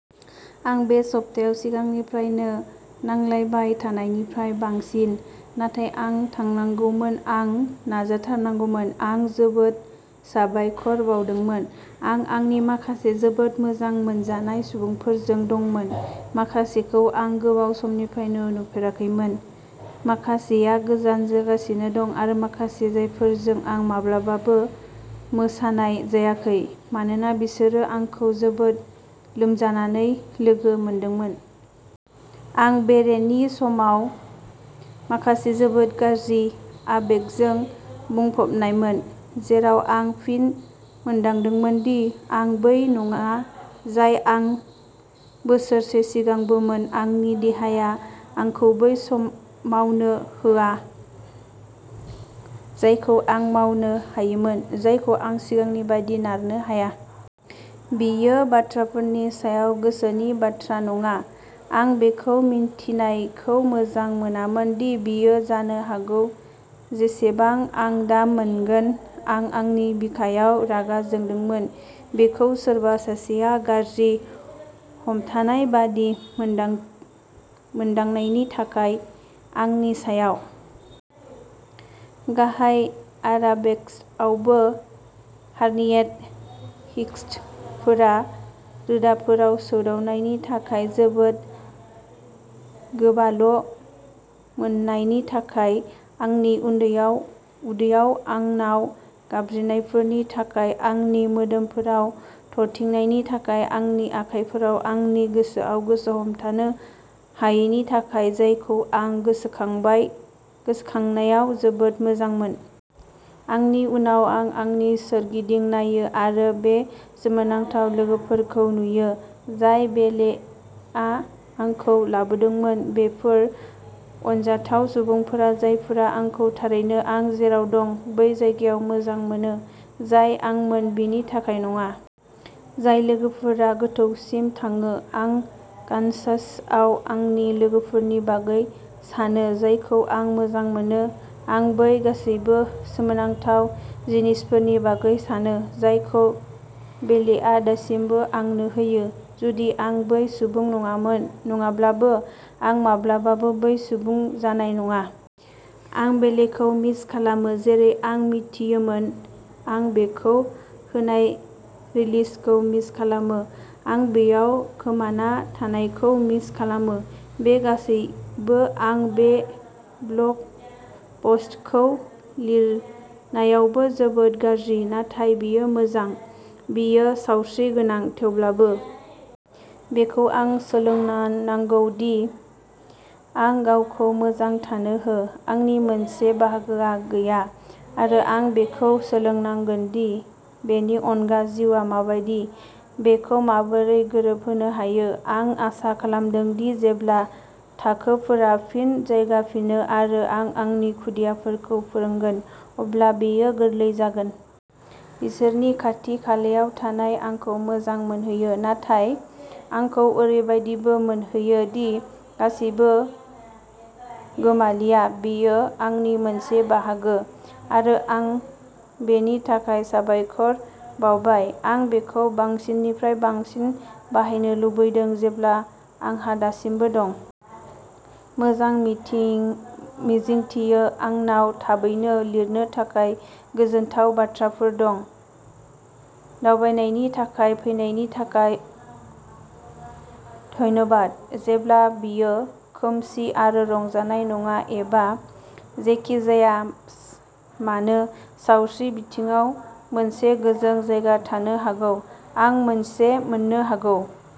आं बे सप्तायाव सिगांनिफ्रायनो नांलायबाय थानायनिफ्राय बांसिन, नाथाय आं थांनांगौमोन आं नाजाथारनांगौमोन। आं जोबोद साबायखर बावदोंमोन। आं आंनि माखासे जोबोद मोजां मोनजानाय सुबुंफोरजों दंमोन, माखासेखौ आं गोबाव समनिफ्रायनो नुफेराखैमोन, माखासेया गोजान जागासिनो दं आरो माखासे जायफोरजों आं माब्लाबाबो मोसानाय जायाखै, मानोना बिसोरो आंखौ जोबोद लोमजानानै लोगो मोनदोंमोन। आं बेरेनि समाव माखासे जोबोद गाज्रि आबेगजों बुंफबनायमोन। जेराव आं फिन मोनदांदोंमोन दि आं बै नङा जाय आं बोसोरसे सिगांबोमोन। आंनि देहाया आंखौ बै मावनो होआ जायखौ आं मावनो हायोमोन। जायखौ आं सिगांनि बायदि नारनो हाया। बेयो बाथ्राफोरनि सायाव गोसोनि बाथ्रा नङा। आं बेखौ मिन्थिनायखौ मोजां मोनामोन दि बियो जानो हागौ जेसेबां आं दा मोनगोन। आं आंनि बिखायाव रागा जोंदोंमोन, बेखौ सोरबा सासेआ गाज्रि हमथानाय बायदि मोनदांनायनि थाखाय आंनि सायाव। गाहाय आराबेस्कआवबो हार्नियेट डिस्कफोरा रोदाफोराव सौदावनायनि थाखाय जोबोद गोबाल' मोनानायनि थाखाय आंनि उदैयाव आंनाव गाबज्रिनायफोरनि थाखाय आंनि मोदोमफोराव थरथिंनायनि थाखाय आंनि आखायफोराव आंनि गोसोआव गोसो हमथानो हायैनि थाखाय जायखौ आं गोसोखांनायाव जोबोद मोजांमोन। बेनि उनाव आं आंनि सोरगिदिं नायो आरो बे सोमोनांथाव लोगोफोरखौ नुयो, जाय बेलेआ आंखौ लाबोदोंमोन। बेफोर अनजाथाव सुबुंफोरा जायफोरा आंखौ थारैनो आं जेराव दं, बै जायगायाव मोजां मोनो, जाय आंमोन बिनि थाखाय नङा। जाय लोगोफोरा गोथौसिम थाङो। आं कानसासआव आंनि लोगोफोरनि बागै सानो, जायफोरखौ आं मोजां मोनो। आं बै गासैबो सोमोनांथाव जिनिसफोरनि बागै सानो, जायखौ बेलेआ दासिमबो आंनो होयो, जुदि आं बै सुबुं नङाब्लाबो, आं माब्लाबाबो बै सुबुं जानाय नङा। आं बेलेखौ मिस खालामो, जेरै आं मिथियोमोन। आं बेखौ होनाय रिलिजखौ मिस खालामो, आं बेयाव खोमाना थानायखौ मिस खालामो। बे गासैबो। आं बे ब्ल'ग पस्टखौ लिरनायावबो जोबोद गाज्रि। नाथाय बेयो मोजां। बेयो सावस्रि गोनां, थेवब्लाबो। बेखौ आं सोलोंनांगौ दि आं गावखौ मोजां थानो हो। आंनि मोनसे बाहागोआ गैया, आरो आं बेखौ सोलोंनांगोन दि बेनि अनगा जिउआ मा बायदि, बेखौ माबोरै गोरोबहोनो हायो। आं आसा खालामदों दि जेब्ला थाखोफोरा फिन जागायफिनो आरो आं आंनि खुदियाफोरखौ फोरोंगोन, अब्ला बेयो गोरलै जागोन। बिसोरनि खाथि-खालायाव थानाया आंखौ मोजां मोनहोयो, नाथाय आंखौ ओरैबायदिबो मोनहोयो दि गासिबो गोमालिया। बेयो आंनि मोनसे बाहागो आरो आं बेनि थाखाय साबायखर बावबाय। आं बेखौ बांसिननिफ्राय बांसिन बाहायनो लुगैदों जेब्ला आंहा दासिमबो दं। मोजां मिजिंथियो आंनाव थाबैनो लिरनो थाखाय गोजोनथाव बाथ्राफोर दं। दावबायनायनि थाखाय फैनायनि थाखाय धन्यबाद जेब्ला बेयो खोमसि आरो रंजानाय नङा एबा जेखि जाया मानो। सावस्रि बिथिङाव मोनसे गोजों जायगा थानो हागौ। आं मोनसे मोननो हागौ।